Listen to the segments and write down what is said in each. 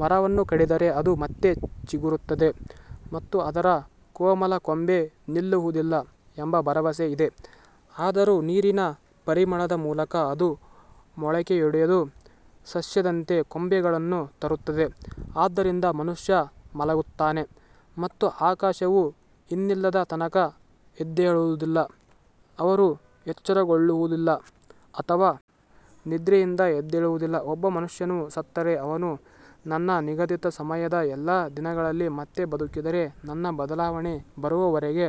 ಮರವನ್ನು ಕಡಿದರೆ ಅದು ಮತ್ತೆ ಚಿಗುರುತ್ತದೆ ಮತ್ತು ಅದರ ಕೋಮಲ ಕೊಂಬೆ ನಿಲ್ಲುವುದಿಲ್ಲ ಎಂಬ ಭರವಸೆ ಇದೆ. ಆದರೂ ನೀರಿನ ಪರಿಮಳದ ಮೂಲಕ ಅದು ಮೊಳಕೆಯೊಡೆದು ಸಸ್ಯದಂತೆ ಕೊಂಬೆಗಳನ್ನು ತರುತ್ತದೆ ಆದ್ದರಿಂದ ಮನುಷ್ಯ ಮಲಗುತ್ತಾನೆ ಮತ್ತು ಆಕಾಶವು ಇನ್ನಿಲ್ಲದ ತನಕ ಎದ್ದೇಳುವುದಿಲ್ಲ, ಅವರು ಎಚ್ಚರಗೊಳ್ಳುವುದಿಲ್ಲ ಅಥವಾ ನಿದ್ರೆಯಿಂದ ಎದ್ದೇಳುವುದಿಲ್ಲ ಒಬ್ಬ ಮನುಷ್ಯನು ಸತ್ತರೆ ಅವನು ನನ್ನ ನಿಗದಿತ ಸಮಯದ ಎಲ್ಲಾ ದಿನಗಳಲ್ಲಿ ಮತ್ತೆ ಬದುಕಿದರೆ ನನ್ನ ಬದಲಾವಣೆ ಬರುವವರೆಗೆ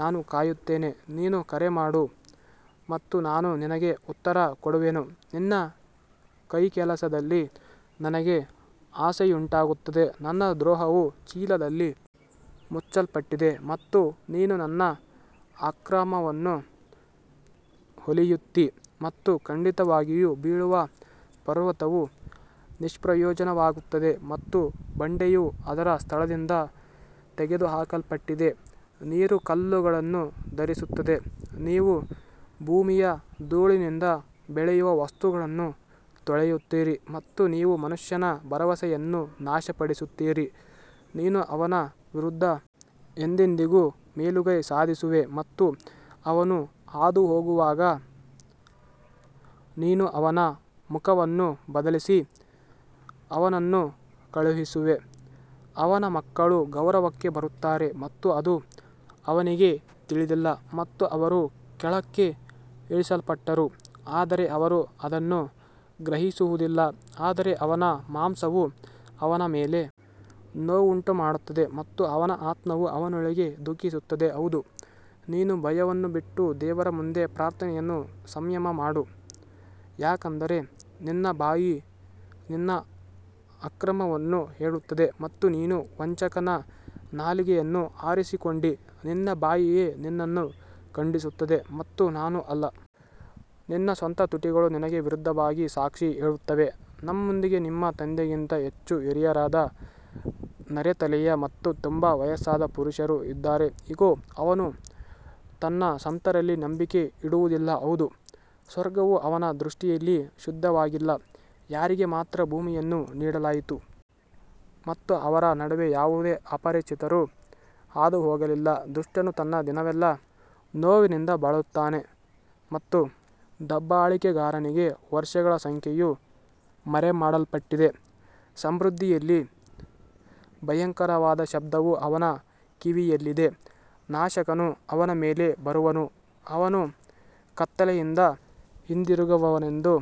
ನಾನು ಕಾಯುತ್ತೇನೆ ನೀನು ಕರೆ ಮಾಡು ಮತ್ತು ನಾನು ನಿನಗೆ ಉತ್ತರ ಕೊಡುವೆನು ನಿನ್ನ ಕೈಕೆಲಸದಲ್ಲಿ ನಿನಗೆ ಆಸೆಯುಂಟಾಗುತ್ತದೆ ನನ್ನ ದ್ರೋಹವು ಚೀಲದಲ್ಲಿ ಮುಚ್ಚಲ್ಪಟ್ಟಿದೆ ಮತ್ತು ನೀನು ನನ್ನ ಅಕ್ರಮವನ್ನು ಹೊಲಿಯುತ್ತೀ ಮತ್ತು ಖಂಡಿತವಾಗಿಯೂ ಬೀಳುವ ಪರ್ವತವು ನಿಷ್ಪ್ರಯೋಜಕವಾಗುತ್ತದೆ ಮತ್ತು ಬಂಡೆಯು ಅದರ ಸ್ಥಳದಿಂದ ತೆಗೆದುಹಾಕಲ್ಪಟ್ಟಿದೆ ನೀರು ಕಲ್ಲುಗಳನ್ನು ಧರಿಸುತ್ತದೆ, ನೀವು ಭೂಮಿಯ ಧೂಳಿನಿಂದ ಬೆಳೆಯುವ ವಸ್ತುಗಳನ್ನು ತೊಳೆಯುತ್ತೀರಿ ಮತ್ತು ನೀವು ಮನುಷ್ಯನ ಭರವಸೆಯನ್ನು ನಾಶಪಡಿಸುತ್ತೀರಿ ನೀನು ಅವನ ವಿರುದ್ಧ ಎಂದೆಂದಿಗೂ ಮೇಲುಗೈ ಸಾಧಿಸುವೆ ಮತ್ತು ಅವನು ಹಾದುಹೋಗುವಾಗ ನೀನು ಅವನ ಮುಖವನ್ನು ಬದಲಿಸಿ ಅವನನ್ನು ಕಳುಹಿಸುವೆ ಅವನ ಮಕ್ಕಳು ಗೌರವಕ್ಕೆ ಬರುತ್ತಾರೆ ಮತ್ತು ಅದು ಅವನಿಗೆ ತಿಳಿದಿಲ್ಲ ಮತ್ತು ಅವರು ಕೆಳಕ್ಕೆ ಇಳಿಸಲ್ಪಟ್ಟರು ಆದರೆ ಅವರು ಅದನ್ನು ಗ್ರಹಿಸುವುದಿಲ್ಲ ಆದರೆ ಅವನ ಮಾಂಸವು ಅವನ ಮೇಲೆ ನೋವುಂಟುಮಾಡುತ್ತದೆ ಮತ್ತು ಅವನ ಆತ್ಮವು ಅವನೊಳಗೆ ದುಃಖಿಸುತ್ತದೆ ಹೌದು ನೀನು ಭಯವನ್ನು ಬಿಟ್ಟು ದೇವರ ಮುಂದೆ ಪ್ರಾರ್ಥನೆಯನ್ನು ಸಂಯಮ ಮಾಡು ಯಾಕಂದರೆ ನಿನ್ನ ಬಾಯಿ ನಿನ್ನ ಅಕ್ರಮವನ್ನು ಹೇಳುತ್ತದೆ ಮತ್ತು ನೀನು ವಂಚಕನ ನಾಲಿಗೆಯನ್ನು ಆರಿಸಿಕೊಂಡಿ ನಿನ್ನ ಬಾಯಿಯೇ ನಿನ್ನನ್ನು ಖಂಡಿಸುತ್ತದೆ ಮತ್ತು ನಾನು ಅಲ್ಲ ನಿನ್ನ ಸ್ವಂತ ತುಟಿಗಳು ನಿನಗೆ ವಿರುದ್ಧವಾಗಿ ಸಾಕ್ಷಿ ಹೇಳುತ್ತವೆ ನಮ್ಮೊಂದಿಗೆ ನಿಮ್ಮ ತಂದೆಗಿಂತ ಹೆಚ್ಚು ಹಿರಿಯರಾದ ನರೆತಲೆಯ ಮತ್ತು ತುಂಬಾ ವಯಸ್ಸಾದ ಪುರುಷರು ಇದ್ದಾರೆ ಇಗೋ, ಅವನು ತನ್ನ ಸಂತರಲ್ಲಿ ನಂಬಿಕೆ ಇಡುವುದಿಲ್ಲ, ಹೌದು, ಸ್ವರ್ಗವು ಅವನ ದೃಷ್ಟಿಯಲ್ಲಿ ಶುದ್ಧವಾಗಿಲ್ಲ ಯಾರಿಗೆ ಮಾತ್ರ ಭೂಮಿಯನ್ನು ನೀಡಲಾಯಿತು ಮತ್ತು ಅವರ ನಡುವೆ ಯಾವುದೇ ಅಪರಿಚಿತರು ಹಾದುಹೋಗಲಿಲ್ಲ ದುಷ್ಟನು ತನ್ನ ದಿನವೆಲ್ಲಾ ನೋವಿನಿಂದ ಬಳಲುತ್ತಾನೆ ಮತ್ತು ದಬ್ಬಾಳಿಕೆಗಾರನಿಗೆ ವರ್ಷಗಳ ಸಂಖ್ಯೆಯು ಮರೆಮಾಡಲ್ಪಟ್ಟಿದೆ ಸಮೃದ್ಧಿಯಲ್ಲಿ ಭಯಂಕರವಾದ ಶಬ್ದವು ಅವನ ಕಿವಿಯಲ್ಲಿದೆ, ನಾಶಕನು ಅವನ ಮೇಲೆ ಬರುವನು ಅವನು ಕತ್ತಲೆಯಿಂದ ಹಿಂದಿರುಗುವನೆಂದು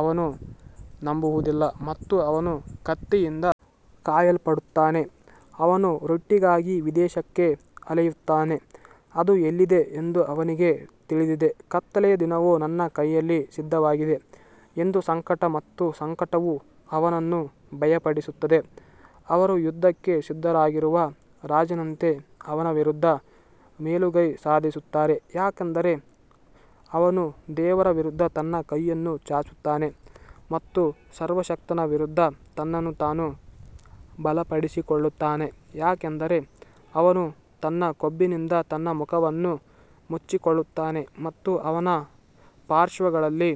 ಅವನು ನಂಬುವುದಿಲ್ಲ ಮತ್ತು ಅವನು ಕತ್ತಿಯಿಂದ ಕಾಯಲ್ಪಡುತ್ತಾನೆ ಅವನು ರೊಟ್ಟಿಗಾಗಿ ವಿದೇಶಕ್ಕೆ ಅಲೆಯುತ್ತಾನೆ, ಅದು ಎಲ್ಲಿದೆ ಎಂದು ಅವನಿಗೆ ತಿಳಿದಿದೆ, ಕತ್ತಲೆಯ ದಿನವು ತನ್ನ ಕೈಯಲ್ಲಿ ಸಿದ್ಧವಾಗಿದೆ ಎಂದು ಸಂಕಟ ಮತ್ತು ಸಂಕಟವು ಅವನನ್ನು ಭಯಪಡಿಸುತ್ತದೆ, ಅವರು ಯುದ್ಧಕ್ಕೆ ಸಿದ್ಧರಾಗಿರುವ ರಾಜನಂತೆ ಅವನ ವಿರುದ್ಧ ಮೇಲುಗೈ ಸಾಧಿಸುತ್ತಾರೆ ಯಾಕಂದರೆ ಅವನು ದೇವರ ವಿರುದ್ಧ ತನ್ನ ಕೈಯನ್ನು ಚಾಚುತ್ತಾನೆ ಮತ್ತು ಸರ್ವಶಕ್ತನ ವಿರುದ್ಧ ತನ್ನನ್ನು ತಾನು ಬಲಪಡಿಸಿಕೊಳ್ಳುತ್ತಾನೆ ಯಾಕಂದರೆ ಅವನು ತನ್ನ ಕೊಬ್ಬಿನಿಂದ ತನ್ನ ಮುಖವನ್ನು ಮುಚ್ಚಿಕೊಳ್ಳುತ್ತಾನೆ ಮತ್ತು ಅವನ ಪಾರ್ಶ್ವಗಳಲ್ಲಿ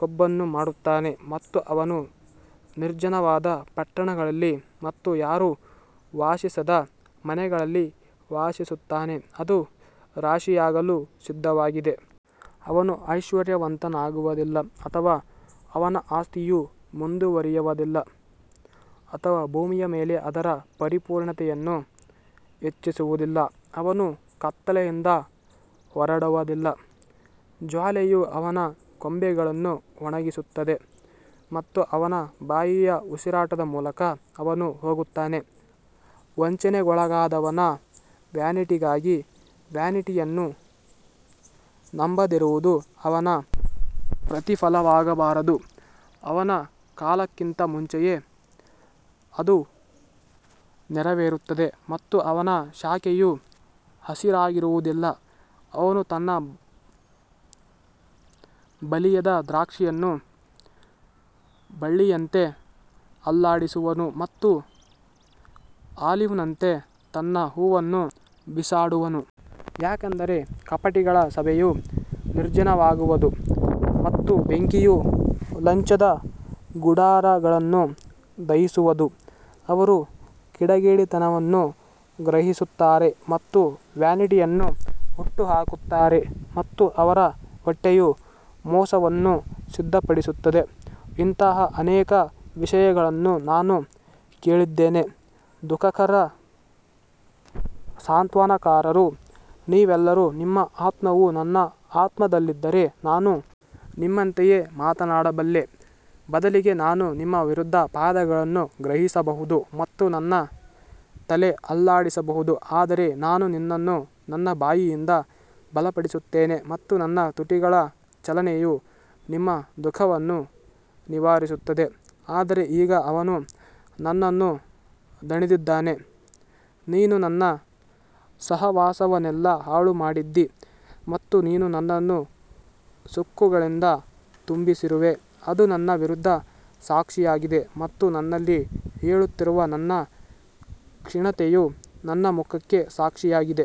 ಕೊಬ್ಬನ್ನು ಮಾಡುತ್ತಾನೆ ಮತ್ತು ಅವನು ನಿರ್ಜನವಾದ ಪಟ್ಟಣಗಳಲ್ಲಿ ಮತ್ತು ಯಾರೂ ವಾಸಿಸದ ಮನೆಗಳಲ್ಲಿ ವಾಸಿಸುತ್ತಾನೆ, ಅದು ರಾಶಿಯಾಗಲು ಸಿದ್ಧವಾಗಿದೆ. ಅವನು ಐಶ್ವರ್ಯವಂತನಾಗುವದಿಲ್ಲ ಅಥವಾ ಅವನ ಆಸ್ತಿಯು ಮುಂದುವರಿಯುವದಿಲ್ಲ ಅಥವಾ ಭೂಮಿಯ ಮೇಲೆ ಅದರ ಪರಿಪೂರ್ಣತೆಯನ್ನು ಹೆಚ್ಚಿಸುವದಿಲ್ಲ ಅವನು ಕತ್ತಲೆಯಿಂದ ಹೊರಡುವದಿಲ್ಲ, ಜ್ವಾಲೆಯು ಅವನ ಕೊಂಬೆಗಳನ್ನು ಒಣಗಿಸುತ್ತದೆ ಮತ್ತು ಅವನ ಬಾಯಿಯ ಉಸಿರಾಟದ ಮೂಲಕ ಅವನು ಹೋಗುತ್ತಾನೆ ವಂಚನೆಗೊಳಗಾದವನು ವ್ಯಾನಿಟಿಗಾಗಿ ವ್ಯಾನಿಟಿಯನ್ನು ನಂಬದಿರುವುದು ಅವನ ಪ್ರತಿಫಲವಾಗಬಾರದು ಅವನ ಕಾಲಕ್ಕಿಂತ ಮುಂಚೆಯೇ ಅದು ನೆರವೇರುತ್ತದೆ ಮತ್ತು ಅವನ ಶಾಖೆಯು ಹಸಿರಾಗಿರುವುದಿಲ್ಲ ಅವನು ತನ್ನ ಬಲಿಯದ ದ್ರಾಕ್ಷಿಯನ್ನು ಬಳ್ಳಿಯಂತೆ ಅಲ್ಲಾಡಿಸುವನು ಮತ್ತು ಆಲಿವ್ನಂತೆ ತನ್ನ ಹೂವನ್ನು ಬಿಸಾಡುವನು. ಯಾಕಂದರೆ ಕಪಟಿಗಳ ಸಭೆಯು ನಿರ್ಜನವಾಗುವದು ಮತ್ತು ಬೆಂಕಿಯು ಲಂಚದ ಗುಡಾರಗಳನ್ನು ದಹಿಸುವದು. ಅವರು ಕಿಡಿಗೇಡಿತನವನ್ನು ಗ್ರಹಿಸುತ್ತಾರೆ ಮತ್ತು ವ್ಯಾನಿಟಿಯನ್ನು ಹುಟ್ಟುಹಾಕುತ್ತಾರೆ ಮತ್ತು ಅವರ ಹೊಟ್ಟೆಯು ಮೋಸವನ್ನು ಸಿದ್ಧಪಡಿಸುತ್ತದೆ ಇಂತಹ ಅನೇಕ ವಿಷಯಗಳನ್ನು ನಾನು ಕೇಳಿದ್ದೇನೆ ದುಃಖಕರ ಸಾಂತ್ವನಕಾರರು ನೀವೆಲ್ಲರೂ ನಿಮ್ಮ ಆತ್ಮವು ನನ್ನ ಆತ್ಮದಲ್ಲಿದ್ದರೆ ನಾನು ನಿಮ್ಮಂತೆಯೇ ಮಾತನಾಡಬಲ್ಲೆ, ಬದಲಿಗೆ ನಾನು ನಿಮ್ಮ ವಿರುದ್ಧ ಪದಗಳನ್ನು ಸಂಗ್ರಹಿಸಬಹುದು ಮತ್ತು ನನ್ನ ತಲೆ ಅಲ್ಲಾಡಿಸಬಹುದು ಆದರೆ ನಾನು ನಿನ್ನನ್ನು ನನ್ನ ಬಾಯಿಯಿಂದ ಬಲಪಡಿಸುತ್ತೇನೆ ಮತ್ತು ನನ್ನ ತುಟಿಗಳ ಚಲನೆಯು ನಿಮ್ಮ ದುಃಖವನ್ನು ನಿವಾರಿಸುತ್ತದೆ ಆದರೆ ಈಗ ಅವನು ನನ್ನನ್ನು ದಣಿದಿದ್ದಾನೆ, ನೀನು ನನ್ನ ಸಹವಾಸವನ್ನೆಲ್ಲಾ ಹಾಳು ಮಾಡಿದ್ದೀ ಮತ್ತು ನೀನು ನನ್ನನ್ನು ಸುಕ್ಕುಗಳಿಂದ ತುಂಬಿಸಿರುವೆ, ಅದು ನನ್ನ ವಿರುದ್ಧ ಸಾಕ್ಷಿಯಾಗಿದೆ ಮತ್ತು ನನ್ನಲ್ಲಿ ಏಳುತ್ತಿರುವ ನನ್ನ ಕ್ಷೀಣತೆಯು ನನ್ನ ಮುಖಕ್ಕೆ ಸಾಕ್ಷಿಯಾಗಿದೆ.